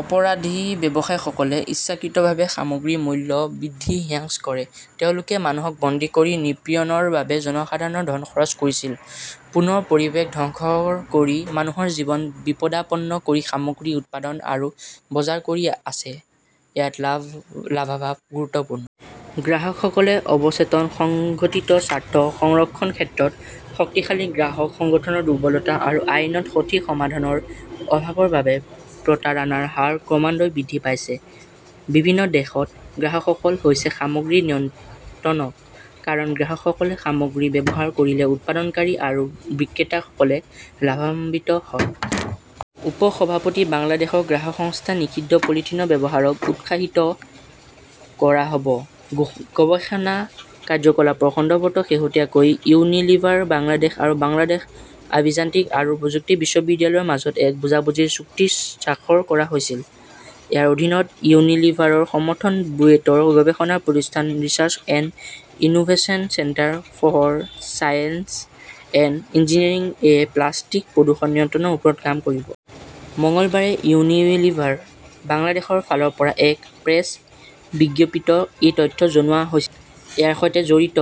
অপৰাধী ব্যৱসায়ীসকলে ইচ্ছাকৃতভাৱে সামগ্ৰীৰ মূল্য বৃদ্ধি, হ্ৰাস কৰে। তেওঁলোকে মানুহক বন্দী কৰি নিপীড়নৰ বাবে জনসাধাৰণৰ ধন খৰচ কৰিছিল। পুনৰ পৰিৱেশ ধ্বংস কৰি মানুহৰ জীৱন বিপদাপন্ন কৰি সামগ্ৰী উৎপাদন আৰু বজাৰ কৰি আছে। ইয়াত লাভালাভ গুৰুত্বপূৰ্ণ। গ্ৰাহকসকল অৱচেতন, অসংগঠিত। স্বাৰ্থ সংৰক্ষণৰ ক্ষেত্ৰত শক্তিশালী গ্ৰাহক সংগঠনৰ দুৰ্বলতা আৰু আইনত সঠিক সমাধানৰ অভাৱৰ বাবে প্ৰতাৰণাৰ হাৰ ক্ৰমান্বয়ে বৃদ্ধি পাইছে। বিভিন্ন দেশত গ্ৰাহকসকল হৈছে সামগ্ৰীৰ নিয়ন্ত্ৰক। কাৰণ গ্ৰাহকসকলে সামগ্ৰী ব্যৱহাৰ কৰিলে উৎপাদনকাৰী আৰু বিক্ৰেতাসকলে লাভান্বিত হয়। উপ-সভাপতি, বাংলাদেশৰ গ্ৰাহক সংস্থা নিষিদ্ধ পলিথিনৰ ব্যৱহাৰক উৎসাহিত কৰা হ’ব গৱেষণা কাৰ্যকলাপৰ সন্দৰ্ভত শেহতীয়াকৈ ইউনিলিভাৰ বাংলাদেশ আৰু বাংলাদেশ অভিযান্ত্ৰিক আৰু প্ৰযুক্তি বিশ্ববিদ্যালয় ৰ মাজত এক বুজাবুজিৰ চুক্তিত স্বাক্ষৰ কৰা হৈছিল। ইয়াৰ অধীনত ইউনিলিভাৰৰ সমৰ্থনত বুয়েটৰ গৱেষণা প্ৰতিষ্ঠান research and innovation centre for science and engineering এ প্লাষ্টিক প্ৰদূষণ নিয়ন্ত্ৰণৰ ওপৰত কাম কৰিব। মঙলবাৰে ইউনিলিভাৰ বাংলাদেশৰ ফালৰ পৰা এক প্ৰেছ বিজ্ঞপ্তিত এই তথ্য জনোৱা হৈছিল। ইয়াৰ সৈতে জড়িত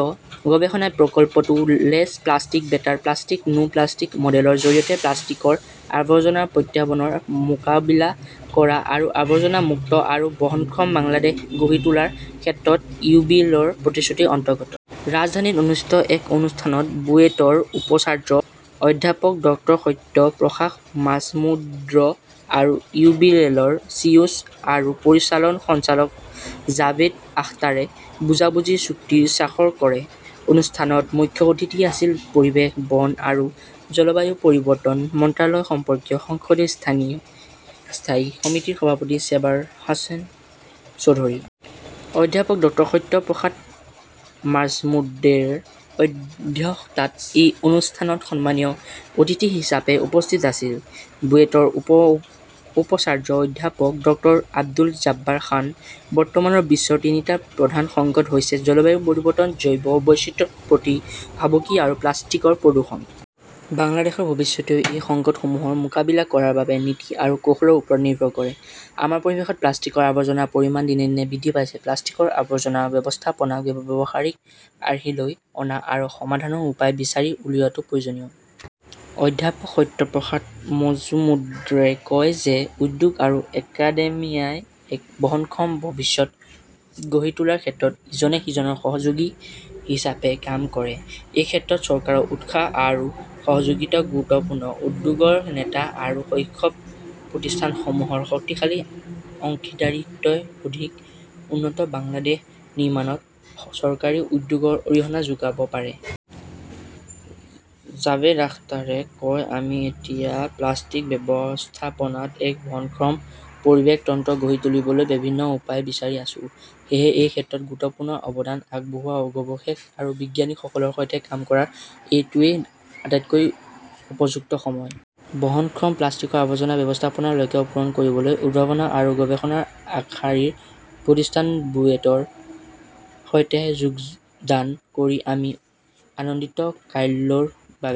গৱেষণা প্ৰকল্পটো less plastic, better plastic, no plastic মডেলৰ জৰিয়তে প্লাষ্টিকৰ আৱৰ্জনাৰ প্ৰত্যাহ্বানৰ মোকাবিলা কৰা আৰু আৱৰ্জনা মুক্ত আৰু বহনক্ষম বাংলাদেশ গঢ়ি তোলাৰ ক্ষেত্ৰত ইউবিএলৰ প্ৰতিশ্ৰুতিৰ অন্তৰ্গত। ৰাজধানীত অনুষ্ঠিত এক অনুষ্ঠানত বুয়েটৰ উপাচাৰ্য অধ্যাপক ডক্টৰ সত্য প্ৰসাদ মাজমুদ্ৰ আৰু ইউবিএলৰ চিইঅ আৰু পৰিচালন সঞ্চালক জাভেদ আখতাৰে বুজাবুজিৰ চুক্তিত স্বাক্ষৰ কৰে। অনুষ্ঠানত মুখ্য অতিথি আছিল পৰিৱেশ, বন আৰু জলবায়ু পৰিৱৰ্তন মন্ত্ৰালয় সম্পৰ্কীয় সংসদীয় স্থায়ী সমিতিৰ সভাপতি চেবাৰ হোসেন চৌধুৰী। অধ্যাপক ডক্টৰ সত্য প্ৰসাদ মাজ্মুদ্ৰেৰ অধ্যক্ষতাত এই অনুষ্ঠানত সন্মানীয় অতিথি হিচাপে উপস্থিত আছিল বুয়েটৰ উপ-উপাচাৰ্য অধ্যাপক ডক্টৰ আব্দুল জাব্বাৰ খান। বৰ্তমানৰ বিশ্বৰ তিনিটা প্ৰধান সংকট হৈছে জলবায়ু পৰিৱৰ্তন, জৈৱ বৈচিত্ৰ্যৰ প্ৰতি ভাবুকি আৰু প্লাষ্টিকৰ প্ৰদূষণ। বাংলাদেশৰ ভৱিষ্যতও এই সংকটসমূহৰ মোকাবিলা কৰাৰ বাবে নীতি আৰু কৌশলৰ ওপৰত নিৰ্ভৰ কৰে। আমাৰ পৰিৱেশত প্লাষ্টিকৰ আৱৰ্জনাৰ পৰিমাণ দিনে দিনে বৃদ্ধি পাইছে। প্লাষ্টিকৰ আৱৰ্জনা ব্যৱস্থাপনাক ব্যৱসায়িক আৰ্হিলৈ অনা আৰু সমাধানৰ উপায় বিচাৰি উলিওৱাটো প্ৰয়োজনীয়। অধ্যাপক সত্য প্ৰসাদ মুজমুদ্ৰে কয় যে উদ্যোগ আৰু একাডেমিয়াই এক বহনক্ষম ভৱিষ্যত গঢ়ি তোলাৰ ক্ষেত্ৰত ইজনে সিজনৰ সহযোগী হিচাপে কাম কৰে। এই ক্ষেত্ৰত চৰকাৰৰ উৎসাহ আৰু সহযোগিতাও গুৰুত্বপূৰ্ণ। উদ্যোগৰ নেতা আৰু শৈক্ষিক প্ৰতিষ্ঠানসমূহৰ শক্তিশালী অংশীদাৰিত্বই অধিক উন্নত বাংলাদেশ নিৰ্মাণত চৰকাৰী উদ্যোগৰ অৰিহণা যোগাব পাৰে। জাভেদ আখতাৰে কয়, আমি এতিয়া প্লাষ্টিক ব্যৱস্থাপনাত এক বহনক্ষম পৰিৱেশ তন্ত্ৰ গঢ়ি তুলিবলৈ বিভিন্ন উপায় বিচাৰি আছো। সেয়েহে এই ক্ষেত্ৰত গুৰুত্বপূৰ্ণ অৱদান আগবঢ়োৱা গৱেষক আৰু বিজ্ঞানীসকলৰ সৈতে কাম কৰাৰ এইটোৱেই আটাইতকৈ উপযুক্ত সময়। বহনক্ষম প্লাষ্টিকৰ আৱৰ্জনা ব্যৱস্থাপনাৰ লক্ষ্য পূৰণ কৰিবলৈ উদ্ভাৱন আৰু গৱেষণাৰ আগশাৰীৰ প্ৰতিষ্ঠান বুয়েটৰ সৈতে যোগদান কৰি আমি আনন্দিত। । কাইলৈৰ বাবে